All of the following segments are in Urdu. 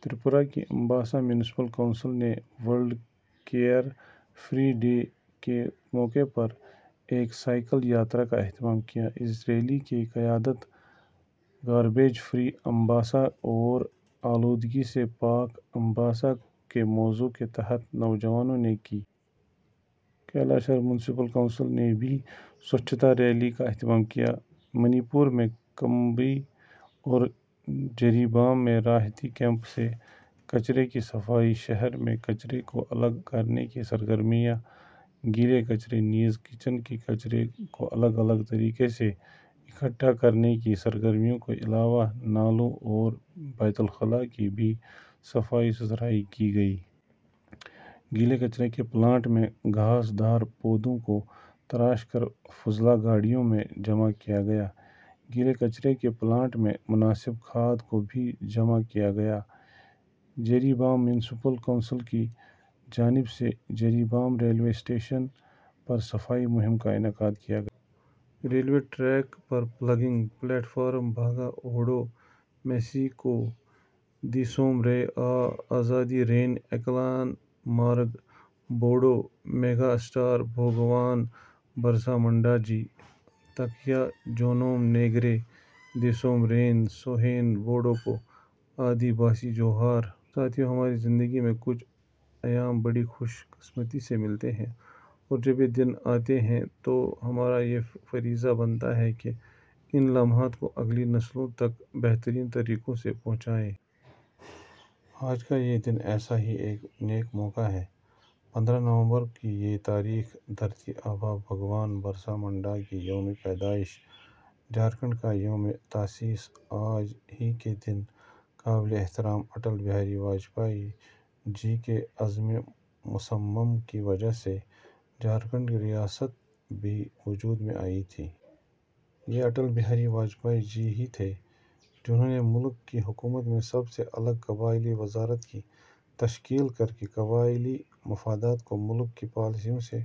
تریپورہ کی امباسا میونسپل کونسل نے ورلڈ کیئر فری ڈے کے موقع پر ایک سائیکل یاترا کا اہتمام کیا۔ اس ریلی کی قیادت ’گاربیج فری امباسا‘ اور ’آلودگی سے پاک امباسا‘ کے موضوع کے تحت نوجوانوں نے کی۔ کیلاش ہر میونسپل کونسل نے بھی سوچھتا ریلی کا اہتمام کیا۔ منی پور میں کمبی اور جری بام میں راحتی کیمپ سے کچرے کی صفائی، شہر میں کچرے کو الگ کرنے کی سرگرمیاں، گیلے کچرے نیز کچن کے کچرے کو الگ الگ طریقے سے اکٹھا کرنے کی سرگرمیوں کے علاوہ نالوں اور بیت الخلاء کی بھی صفائی ستھرائی کی گئی۔ گیلے کچرے کے پلانٹ میں گھاس دار پودوں کو تراش کر فضلہ گاڑیوں میں جمع کیا گیا۔ گیلے کچرے کے پلانٹ میں مناسب کھاد کو بھی جمع کیا گیا۔ جیری بام میونسپل کونسل کی جانب سے جیری بام ریلوے اسٹیشن پر صفائی مہم کا انعقاد کیا گیا۔ ریلوے ٹریک پر پلگنگ، پلیٹ فارم... ہاگا اوڑو میسی کو، دیسوم رے آ آزادی رین اکیلان مارگ ہوڑو، میگا اسٹار بھگوان برسا منڈا جی، تاکینا جونوم نیگرے، دیسوم رین سوبین ہوڑو کو، آدی باسی جوہار۔ ساتھیو! ہماری زندگی میں کچھ ایام بڑی خوش قسمتی سے ملتے ہیں اور جب یہ دن آتے ہیں تو ہمارا یہ فریضہ بنتا ہے کہ ان لمحات کو اگلی نسلوں تک بہترین طریقوں سے پہنچائیں۔ آج کا یہ دن ایسا ہی ایک نیک موقع ہے۔ پندرہ نومبر کی یہ تاریخ! دھرتی آبا بھگوان برسا منڈا کی یومِ پیدائش! جھارکھنڈ کا یومِ تاسیس! آج ہی کے دن قابلِ احترام اٹل بہاری واجپئی جی کے عزمِ مصمم کی وجہ سے جھارکھنڈ ریاست بھی وجود میں آئی تھی۔ یہ اٹل بہاری واجپئی جی ہی تھے، جنہوں نے ملک کی حکومت میں سب سے الگ قبائلی وزارت کی تشکیل کرکے قبائلی مفادات کو ملک کی پالیسیوں سے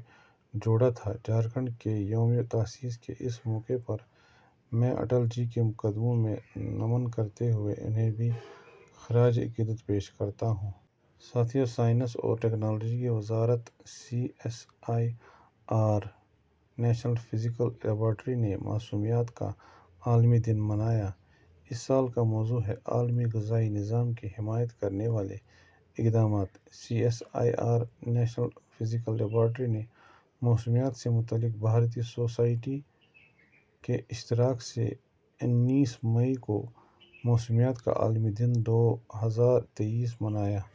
جوڑا تھا۔ جھارکھنڈ کے یومِ تاسیس کے اس موقع پر میں اٹل جی کے قدموں میں نمن کرتے ہوئے انہیں بھی خراجِ عقیدت پیش کرتا ہوں۔ ساتھیو! سائنس اور ٹیکنالوجی کی وزارت C S I R National physical laboratory نے موسمیات کا عالمی دن منایا۔ اس سال کا موضوع ہے، "عالمی غذائی نظام کی حمایت کرنے والے اقدامات"۔ C S I R National physical laboratory نے موسمیات سے متعلق بھارتی سوسائٹی کے اشتراک سے انیس مئی کو موسمیات کا عالمی دن دو ہزار تئیس منایا۔